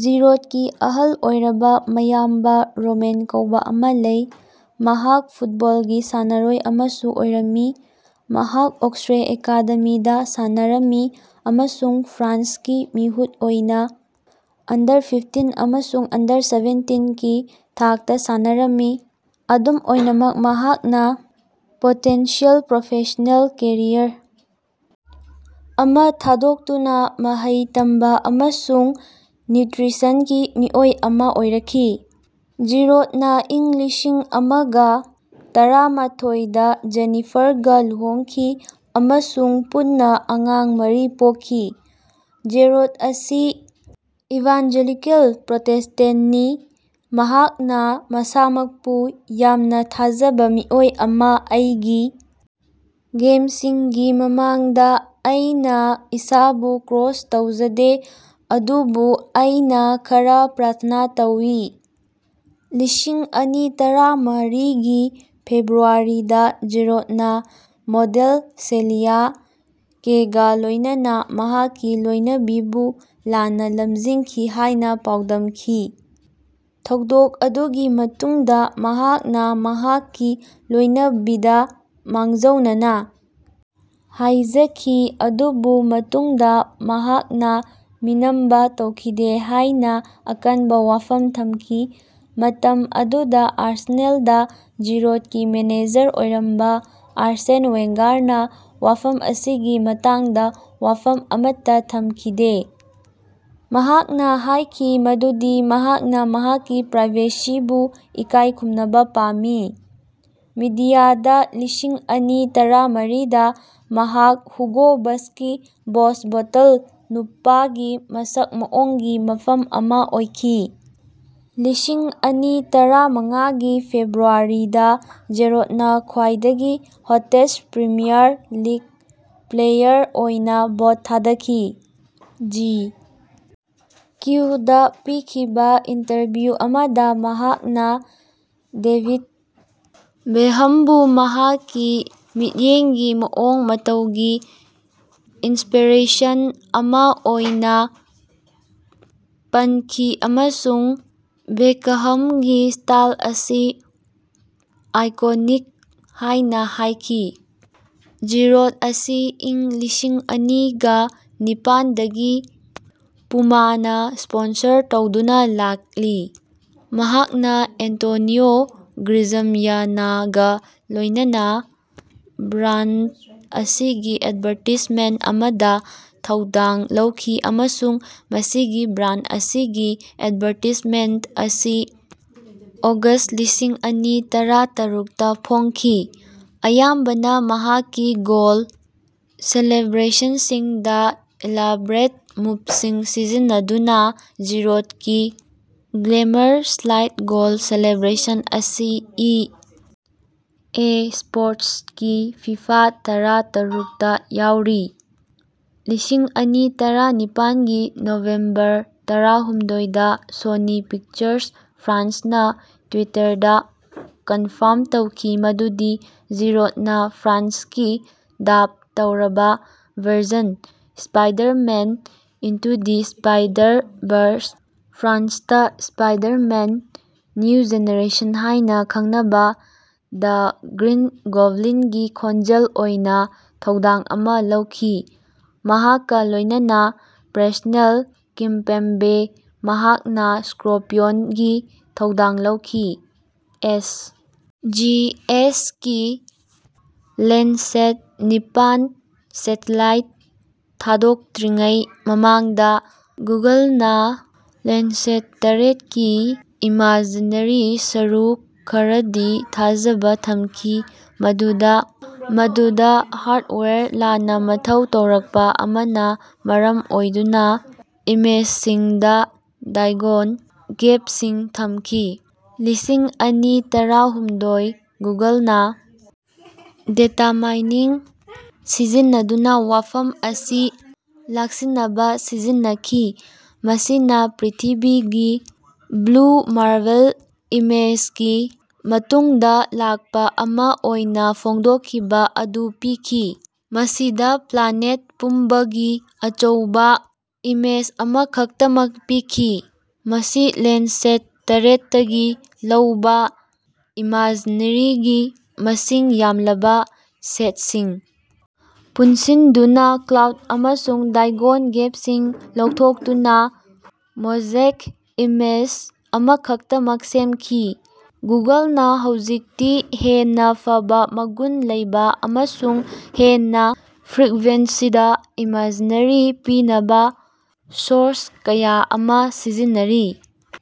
ꯖꯤꯔꯣꯗꯀꯤ ꯑꯍꯜ ꯑꯣꯏꯔꯕ ꯃꯌꯥꯝꯕ ꯔꯣꯃꯦꯟ ꯀꯧꯕ ꯑꯃ ꯂꯩ, ꯃꯍꯥꯛ ꯐꯨꯠꯕꯣꯜꯒꯤ ꯁꯥꯟꯅꯔꯣꯏ ꯑꯃꯁꯨ ꯑꯣꯏꯔꯝꯃꯤ, ꯃꯍꯥꯛ ꯑꯣꯛꯁꯔꯦ ꯑꯦꯀꯥꯗꯦꯃꯤꯗꯥ ꯁꯥꯟꯅꯔꯝꯃꯤ ꯑꯃꯁꯨꯡ ꯐ꯭ꯔꯥꯟꯁꯀꯤ ꯃꯤꯍꯨꯠ ꯑꯣꯏꯅꯥ ꯑꯟꯗꯔ-ꯐꯤꯐꯇꯤꯟ ꯑꯃꯁꯨꯡ ꯑꯟꯗꯔ-ꯁꯦꯚꯦꯟꯇꯤꯟ ꯀꯤ ꯊꯥꯛꯇ ꯁꯥꯟꯅꯔꯝꯃꯤ, ꯑꯗꯨꯝ ꯑꯣꯏꯅꯃꯛ ꯃꯍꯥꯛꯅꯥ ꯄꯣꯇꯦꯟꯁꯤꯌꯦꯜ ꯄ꯭ꯔꯣꯐꯦꯁ꯭ꯅꯦꯜ ꯀꯦꯔꯤꯌꯔ ꯑꯃꯥ ꯊꯥꯗꯣꯛꯇꯨꯅ ꯃꯍꯩ ꯇꯝꯕ ꯑꯃꯁꯨꯡ ꯅ꯭ꯌꯨꯇ꯭ꯔꯤꯁꯟꯒꯤ ꯃꯤꯑꯣꯏ ꯑꯃꯥ ꯑꯣꯏꯔꯛꯈꯤ꯫ ꯖꯤꯔꯣꯗꯅꯥ ꯏꯪ ꯂꯤꯁꯤꯡ ꯑꯃꯒ ꯇꯔꯥꯃꯥꯊꯣꯏ ꯗ ꯖꯦꯅꯤꯐꯥꯔꯒ ꯂꯨꯍꯣꯡꯈꯤ ꯑꯃꯁꯨꯡ ꯄꯨꯟꯅꯥ ꯑꯉꯥꯡ ꯃꯔꯤ ꯄꯣꯛꯈꯤ꯫ ꯖꯤꯔꯣꯗ ꯑꯁꯤ ꯏꯚꯥꯅꯖꯦꯂꯤꯀꯦꯜ ꯄ꯭ꯔꯣꯇꯦꯁ꯭ꯇꯦꯟꯇꯅꯤ꯫ ꯃꯍꯥꯛꯅꯥ ꯃꯁꯥꯃꯛꯄꯨ "ꯌꯥꯝꯅ ꯊꯥꯖꯕ ꯃꯤꯑꯣꯏ ꯑꯃꯥ ꯑꯩꯒꯤ ꯒꯦꯝꯁꯤꯡꯒꯤ ꯃꯃꯥꯡꯗꯥ ꯑꯩꯅꯥ ꯏꯁꯥꯕꯨ ꯀ꯭ꯔꯣꯁ ꯇꯧꯖꯗꯦ ꯑꯗꯨꯕꯨ ꯑꯩꯅꯥ ꯈꯔꯥ ꯄ꯭ꯔꯥꯊꯅꯥ ꯇꯧꯏ"꯫ ꯂꯤꯁꯤꯡ ꯑꯅꯤ ꯇꯔꯥꯃꯥꯔꯤꯒꯤ ꯐꯦꯕ꯭ꯔꯨꯋꯥꯔꯤꯗꯥ ꯖꯤꯔꯣꯗꯅꯥ ꯃꯣꯗꯦꯜ ꯁꯦꯂꯤꯌꯥ ꯀꯦꯒ ꯂꯣꯏꯅꯅꯥ ꯃꯍꯥꯛꯀꯤ ꯂꯣꯏꯅꯕꯤꯕꯨ ꯂꯥꯟꯅꯥ ꯂꯝꯖꯤꯡꯈꯤ ꯍꯥꯏꯅꯥ ꯄꯥꯎꯗꯝꯈꯤ꯫ ꯊꯧꯗꯣꯛ ꯑꯗꯨꯒꯤ ꯃꯇꯨꯡꯗꯥ ꯃꯍꯥꯛꯅꯥ ꯃꯍꯥꯛꯀꯤ ꯂꯣꯏꯅꯕꯤꯗ ꯃꯥꯡꯖꯧꯅꯅ ꯍꯥꯏꯖꯈꯤ ꯑꯗꯨꯕꯨ ꯃꯇꯨꯡꯗ ꯃꯍꯥꯛꯅ ꯃꯤꯅꯝꯕ ꯇꯧꯈꯤꯗꯦ ꯍꯥꯏꯅꯥ ꯑꯀꯟꯕ ꯋꯥꯐꯝ ꯊꯝꯈꯤ꯫ ꯃꯇꯝ ꯑꯗꯨꯗꯥ ꯑꯥꯔꯁꯦꯅꯦꯜꯗ ꯖꯤꯔꯣꯗꯀꯤ ꯃꯦꯅꯦꯖꯔ ꯑꯣꯏꯔꯝꯕꯥ ꯑꯥꯔꯁꯦꯟ ꯋꯦꯡꯒꯥꯔꯅꯥ ꯋꯥꯐꯝ ꯑꯁꯤꯒꯤ ꯃꯇꯥꯡꯗ ꯋꯥꯐꯝ ꯑꯃꯠꯇ ꯊꯝꯈꯤꯗꯦ, ꯃꯍꯥꯛꯅ ꯍꯥꯏꯈꯤ ꯃꯗꯨꯗꯤ ꯃꯍꯥꯛꯅ ꯃꯍꯥꯛꯀꯤ ꯄ꯭ꯔꯥꯏꯚꯦꯁꯤꯕꯨ ꯏꯀꯥꯏ ꯈꯨꯝꯅꯕ ꯄꯥꯝꯃꯤ꯫ ꯃꯤꯗꯤꯌꯥꯗ ꯂꯤꯁꯤꯡ ꯑꯅꯤ ꯇꯔꯥꯃꯥꯔꯤꯗ ꯃꯍꯥꯛ ꯍꯨꯒꯣ ꯕꯁꯀꯤ ꯕꯣꯁ ꯕꯣꯇꯜ ꯅꯨꯄꯥꯒꯤ ꯃꯁꯛ ꯃꯑꯣꯡꯒꯤ ꯃꯐꯝ ꯑꯃꯥ ꯑꯣꯏꯈꯤ꯫ ꯂꯤꯁꯤꯡ ꯑꯅꯤ ꯇꯔꯥꯃꯉꯥꯒꯤ ꯐꯦꯕ꯭ꯔꯨꯋꯥꯔꯤꯗ ꯖꯤꯔꯣꯗꯅ ꯈ꯭ꯋꯥꯏꯗꯒꯤ ꯍꯣꯇꯦꯁ꯭ꯠ ꯄ꯭ꯔꯤꯃꯤꯌꯥꯔ ꯂꯤꯛ ꯄ꯭ꯂꯦꯌꯥꯔ ꯑꯣꯏꯅꯥ ꯚꯣꯠ ꯊꯥꯗꯈꯤ꯫ ꯖꯤ. ꯀ꯭ꯌꯨ. ꯗꯥ ꯄꯤꯈꯤꯕꯥ ꯏꯟꯇꯔꯚ꯭ꯌꯨ ꯑꯃꯗꯥ ꯃꯍꯥꯛꯅꯥ ꯗꯦꯕꯤꯗ ꯕꯦꯍꯝꯕꯨ ꯃꯍꯥꯛꯀꯤ ꯃꯤꯠꯌꯦꯡꯒꯤ ꯃꯑꯣꯡ ꯃꯇꯧꯒꯤ ꯏꯟꯁꯄꯤꯔꯦꯁꯟ ꯑꯃꯥ ꯑꯣꯏꯅꯥ ꯄꯟꯈꯤ ꯑꯃꯁꯨꯡ ꯕꯦꯀꯍꯝꯒꯤ ꯁ꯭ꯇꯥꯏꯜ ꯑꯁꯤ ꯑꯥꯏꯀꯣꯅꯤꯛ ꯍꯥꯏꯅꯥ ꯍꯥꯏꯈꯤ꯫ ꯖꯤꯔꯣꯗ ꯑꯁꯤ ꯏꯪ ꯂꯤꯁꯤꯡ ꯑꯅꯤꯒ ꯅꯤꯄꯥꯟ ꯗꯒꯤ ꯄꯨꯃꯥꯅꯥ ꯁ꯭ꯄꯣꯟꯁꯔ ꯇꯧꯗꯨꯅꯥ ꯂꯥꯛꯂꯤ꯫ ꯃꯍꯥꯛꯅꯥ ꯑꯦꯟꯇꯣꯅꯤꯑꯣ ꯒ꯭ꯔꯤꯖꯝꯌꯥꯅꯒꯥ ꯂꯣꯏꯅꯅꯥ ꯕ꯭ꯔꯥꯟꯗ ꯑꯁꯤꯒꯤ ꯑꯦꯗꯚꯥꯔꯇꯥꯏꯖꯃꯦꯟꯠ ꯑꯃꯗꯥ ꯊꯧꯗꯥꯡ ꯂꯧꯈꯤ ꯑꯃꯁꯨꯡ ꯃꯁꯤꯒꯤ ꯕ꯭ꯔꯥꯟꯗ ꯑꯁꯤꯒꯤ ꯑꯦꯗꯚꯥꯔꯇꯥꯏꯖꯃꯦꯟꯇ ꯑꯁꯤ ꯑꯣꯒꯁ꯭ꯠ ꯂꯤꯁꯤꯡ ꯑꯅꯤ ꯇꯔꯥ ꯇꯔꯨꯛꯇ ꯐꯣꯡꯈꯤ꯫ ꯑꯌꯥꯝꯕꯅꯥ ꯃꯍꯥꯛꯀꯤ ꯒꯣꯜ ꯁꯦꯂꯦꯕ꯭ꯔꯦꯁꯟꯁꯤꯡꯗꯥ ꯏꯂꯥꯕꯔꯦꯠ ꯃꯨꯚꯁꯤꯡ ꯁꯤꯖꯤꯟꯅꯗꯨꯅꯥ ꯖꯤꯔꯣꯗꯀꯤ ꯒ꯭ꯂꯦꯃꯔ ꯁ꯭ꯂꯥꯏꯗ ꯒꯣꯜ ꯁꯦꯂꯦꯕ꯭ꯔꯦꯁꯟ ꯑꯁꯤ ꯏ. ꯑꯦ. ꯁ꯭ꯄꯣꯔꯇꯁꯀꯤ ꯐꯤꯐꯥ ꯇꯔꯥ ꯇꯔꯨꯛꯇ ꯌꯥꯎꯔꯤ꯫ ꯂꯤꯁꯤꯡ ꯑꯅꯤ ꯇꯔꯥ ꯅꯤꯄꯥꯟꯒꯤ ꯅꯣꯕꯦꯝꯕꯔ ꯇꯔꯥꯍꯨꯝꯗꯣꯏꯗ ꯁꯣꯅꯤ ꯄꯤꯛꯆꯔꯁ ꯐ꯭ꯔꯥꯟꯁꯅꯥ ꯇ꯭ꯋꯤꯇꯔꯗꯥ ꯀꯟꯐꯔꯝ ꯇꯧꯈꯤ ꯃꯗꯨꯗꯤ ꯖꯤꯔꯣꯗꯅꯥ ꯐ꯭ꯔꯥꯟꯁꯀꯤ ꯗꯥꯕ ꯇꯧꯔꯕꯥ version Spider-Man: into the Spider-Verse (ꯐ꯭ꯔꯥꯟꯁꯇꯥ ꯁ꯭ꯄꯥꯏꯗꯥꯔꯃꯦꯟ: ꯅ꯭ꯌꯨ ꯖꯦꯅꯦꯔꯦꯁꯟ ꯍꯥꯏꯅꯥ ꯈꯪꯅꯕꯥ)ꯗ ꯒ꯭ꯔꯤꯟ ꯒꯣꯕꯂꯤꯟꯒꯤ ꯈꯣꯟꯖꯦꯜ ꯑꯣꯏꯅꯥ ꯊꯧꯗꯥꯡ ꯑꯃꯥ ꯂꯧꯈꯤ꯫ ꯃꯍꯥꯛꯀꯥ ꯂꯣꯏꯅꯅꯥ ꯄ꯭ꯔꯦꯁꯅꯦꯜ ꯀꯤꯝꯄꯦꯝꯕꯦ, ꯃꯍꯥꯛꯅꯥ ꯁ꯭ꯀꯣꯔꯄꯤꯌꯟꯒꯤ ꯊꯧꯗꯥꯡ ꯂꯧꯈꯤ꯫ ꯑꯦꯁ. ꯖꯤ. ꯑꯦꯁ. ꯀꯤ ꯂꯦꯟꯗꯁꯦꯠ ꯅꯤꯄꯥꯟ ꯁꯦꯇꯦꯂꯥꯏꯠ ꯊꯥꯗꯣꯛꯇ꯭ꯔꯤꯉꯩ ꯃꯃꯥꯡꯗꯥ ꯒꯨꯒꯜꯅꯥ ꯂꯦꯟꯗ꯭ꯁꯦꯠ ꯇꯔꯦꯠ ꯀꯤ ꯏꯃꯖꯤꯅꯔꯤ ꯁꯔꯨꯛ ꯈꯔꯗꯤ ꯊꯥꯖꯕ ꯊꯝꯈꯤ, ꯃꯗꯨꯗ ꯃꯗꯨꯗ ꯍꯥꯔ꯭ꯗꯋꯦꯌꯔ ꯂꯥꯟꯅ ꯃꯊꯧ ꯇꯧꯔꯛꯄ ꯑꯃꯅꯥ ꯃꯔꯝ ꯑꯣꯏꯗꯨꯅꯥ ꯏꯃꯦꯖꯁꯤꯡꯗꯥ ꯗꯥꯏꯒꯣꯟ ꯒꯦꯞꯁꯤꯡ ꯊꯝꯈꯤ꯫ ꯂꯤꯁꯤꯡ ꯑꯅꯤ ꯇꯔꯥꯍꯨꯝꯗꯣꯏ ꯒꯨꯒꯜꯅꯥ ꯗꯦꯇꯥꯃꯥꯏꯅꯤꯡ ꯁꯤꯖꯤꯟꯅꯗꯨꯅꯥ ꯋꯥꯐꯝ ꯑꯁꯤ ꯂꯥꯛꯁꯤꯟꯅꯕꯥ ꯁꯤꯖꯤꯟꯅꯈꯤ, ꯃꯁꯤꯅꯥ ꯄ꯭ꯔꯤꯊꯤꯕꯤꯒꯤ ꯕ꯭ꯂꯨ ꯃꯥꯔꯕꯜ ꯏꯃꯦꯖꯒꯤ ꯃꯇꯨꯡꯗꯥ ꯂꯥꯛꯄꯥ ꯑꯃꯥ ꯑꯣꯏꯅꯥ ꯐꯣꯡꯗꯣꯛꯈꯤꯕꯥ ꯑꯗꯨ ꯄꯤꯈꯤ, ꯃꯁꯤꯗꯥ ꯄ꯭ꯂꯥꯅꯦꯠ ꯄꯨꯝꯕꯒꯤ ꯑꯆꯧꯕꯥ ꯏꯃꯦꯖ ꯑꯃꯈꯛꯇꯃꯛ ꯄꯤꯈꯤ꯫ ꯃꯁꯤ ꯂꯦꯟꯗ꯭ꯁꯦꯠ ꯇꯔꯦꯠꯇꯒꯤ ꯂꯧꯕꯥ ꯏꯃꯖꯤꯅꯔꯤꯒꯤ ꯃꯁꯤꯡ ꯌꯥꯝꯂꯕꯥ ꯁꯦꯠꯁꯤꯡ ꯄꯨꯟꯁꯤꯟꯗꯨꯅꯥ ꯀ꯭ꯂꯥꯎꯗ ꯑꯃꯁꯨꯡ ꯗꯥꯏꯒꯣꯟ ꯒꯦꯞꯁꯤꯡ ꯂꯧꯊꯣꯛꯇꯨꯅꯥ ""ꯃꯣꯖꯥꯏꯛ"" ꯏꯃꯦꯖ ꯑꯃꯈꯛꯇꯃꯛ ꯁꯦꯝꯈꯤ꯫ ꯒꯨꯒꯜꯅꯥ ꯍꯧꯖꯤꯛꯇꯤ ꯍꯦꯟꯅꯥ ꯐꯕꯥ ꯃꯒꯨꯟ ꯂꯩꯕꯥ ꯑꯃꯁꯨꯡ ꯍꯦꯟꯅꯥ ꯐ꯭ꯔꯤꯛꯕꯦꯟꯁꯤꯗꯥ ꯏꯃꯥꯖꯔꯤ ꯄꯤꯅꯕꯥ ꯁꯣꯔꯁ ꯀꯌꯥ ꯑꯃꯥ ꯁꯤꯖꯤꯟꯅꯔꯤ꯫